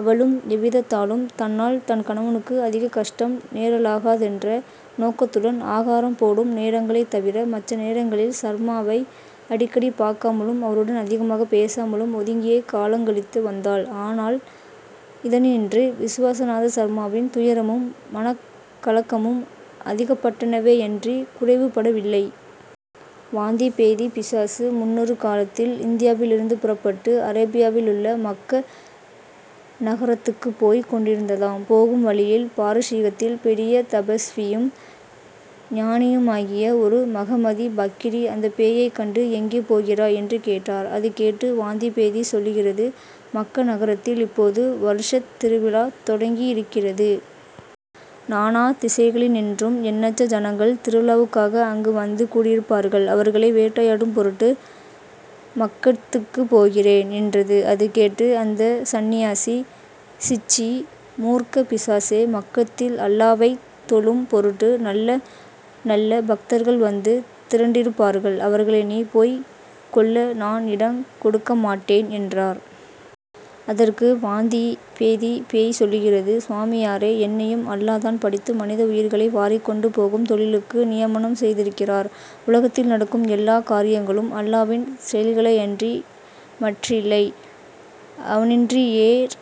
அவளும் எவ்விதத்தாலும் தன்னால் தன் கணவனுக்கு அதிகக் கஷ்டம் நேரலாகாதென்ற நோக்கத்துடன், ஆகாரம் போடும் நேரங்களைத் தவிர மற்ற நேரங்களில், சர்மாவை அடிக்கடி பார்க்காமலும், அவருடன் அதிகமாகப் பேசாமலும் ஒதுங்கியே காலங் கழித்து வந்தாள். ஆனால் இதனின்று விசுவநாத சர்மாவின் துயரமும் மனக்கலக்கமும் அதிகப்பட்டனவேயன்றிக் குறைவு படவில்லை. வாந்திப் பேதிப் பிசாசு முன்னொரு காலத்தில் இந்தியாவிலிருந்து புறப்பட்டு அரேபியாவிலுள்ள மக்க நகரத்துக்குப் போய்க் கொண்டிருந்ததாம். போகும் வழியில் பாரஸீகத்தில் பெரிய தபஸ்வியும் ஞானியுமாகிய ஒரு மஹமதிப் பக்கிரி அந்தப் பேயைக் கண்டு ''எங்கே போகிறாய்? '' என்று கேட்டார். அது கேட்டு வாந்தி பேதி சொல்லுகிறது:- ''மக்க நகரத்தில் இப்போது வருஷத் திருவிழா தொடங்கியிருக்கிறது. நானா திசைகளினின்றும் எண்ணற்ற ஜனங்கள் திருவிழாவுக்காக அங்கு வந்து கூடியிருப்பார்கள். அவர்களை வேட்டையாடும் பொருட்டு மக்கட்த்துக்குப் போகிறேன்'' என்றது. அது கேட்டு அந்த சந்நியாசி:- ''சிச்சீ! மூர்க்கப் பிசாசே! மக்கத்தில் அல்லாவைத் தொழும் பொருட்டு நல்ல நல்ல பக்தர்கள் வந்து திரண்டிருப்பார்கள். அவர்களை நீ போய்க் கொல்ல நான் இடங் கொடுக்கமாட்டேன்'' என்றார். அதற்கு வாந்திபேதிப் பேய் சொல்லுகிறது:- ''சுவாமியாரே, என்னையும் அல்லா தான் படைத்து மனித உயிர்களை வாரிக்கொண்டு போகும் தொழிலுக்கு நியமனம் செய்திருக்கிறார். உலகத்தில் நடக்கும் எல்லாக் காரியங்களும் அல்லாவின் செயல்களேயன்றி மற்றில்லை. அவனின்றியோர்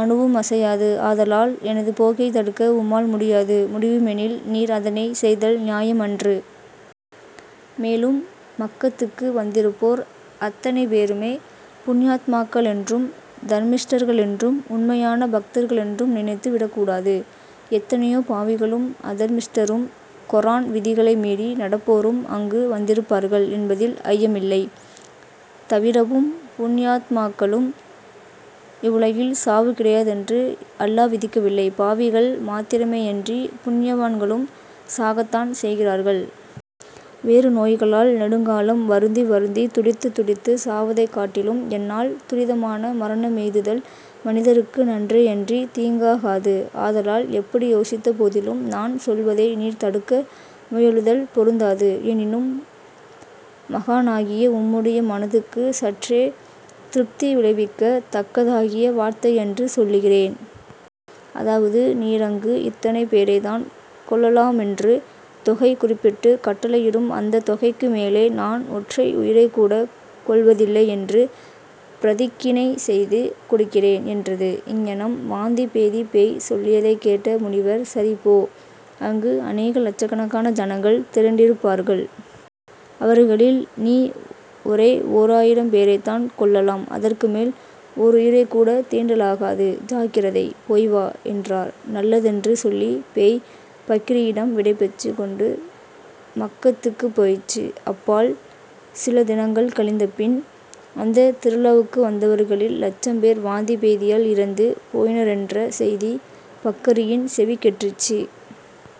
அணுவுமசையாது. ஆதலால் எனது போக்கைத் தடுக்க உம்மால் முடியாது. முடியுமெனிலும் நீர் அதனைச் செய்தல் நியாயமன்று. மேலும் மக்கத்துக்கு வந்திருப்போர் அத்தனை பேருமே புண்யாத்மாக்களென்றும் தர்மிஷ்டர்களென்றும் உண்மையான பக்தர்களென்றும் நினைத்து விடக்கூடாது. எத்தனையோ பாவிகளும், அதர்மிஷ்டரும், கொரான் விதிகளை மீறி நடப்போரும் அங்கு வந்திருப்பார்கள் என்பதில் ஐயமில்லை. தவிரவும் புண்யாத்மாக்களுக்கு இவ்வுலகில் சாவு கிடையாதென்று அல்லா விதிக்கவில்லை. பாவிகள் மாத்திரமேயன்றி புண்யவான்களும் சாகத்தான் செய்கிறார்கள். வேறு நோய்களால் நெடுங்காலம் வருந்தி வருந்தித் துடித்துத் துடித்துச் சாவதைக் காட்டிலும் என்னால் துரிதமான மரணமெய்துதல் மனிதருக்கு நன்றேயன்றித் தீங்காகாது. ஆதலால் எப்படி யோசித்த போதிலும், நான் சொல்வதை நீர் தடுக்க முயலுதல் பொருந்தாது. எனிலும், மகானாகிய உம்முடைய மனதுக்குச் சற்றே திருப்தி விளைவிக்கத் தக்கதாகிய வார்த்தையன்று சொல்லுகிறேன். அதாவது, நீர் அங்கு இத்தனை பேரைததான் கொல்லலாமென்று தொகை குறிப்பிட்டுக் கட்டளையிடும். அந்தத் தொகைக்கு மேலே நான் ஒற்றை உயிரைக்கூடக் கொல்வதில்லையென்று பிரதிக்கினை செய்து கொடுக்கிறேன்'' என்றது. இங்ஙனம் வாந்தி பேதிப் பேய் சொல்லியதைக் கேட்ட முனிவர்-''சரி; போ. அங்கு அநேக லட்சகணக்கான ஜனங்கள் திரண்டிருப்பார்கள். அவர்களில் நீ ஒரே ஓராயிரம் பேரைத் தான் கொல்லலாம். அதற்கு மேல் ஓருயிரைக்கூடத் தீண்டலாகாது. ஜாக்கிரதை! போய் வா'' என்றார். நல்லதென்று சொல்லிப் பேய் பக்கிரியிடம் விடைபெற்றுக் கொண்டு மக்கத்துக்குப் போயிற்று. அப்பால் சில தினங்கள் கழிந்தபின், அந்தத் திருவிழாவுக்கு வந்தவர்களில் லட்சம் பேர் வாந்தி பேதியால் இறந்து போயினரென்ற செய்தி பக்கரியின் செவிக்கெட்டிற்று.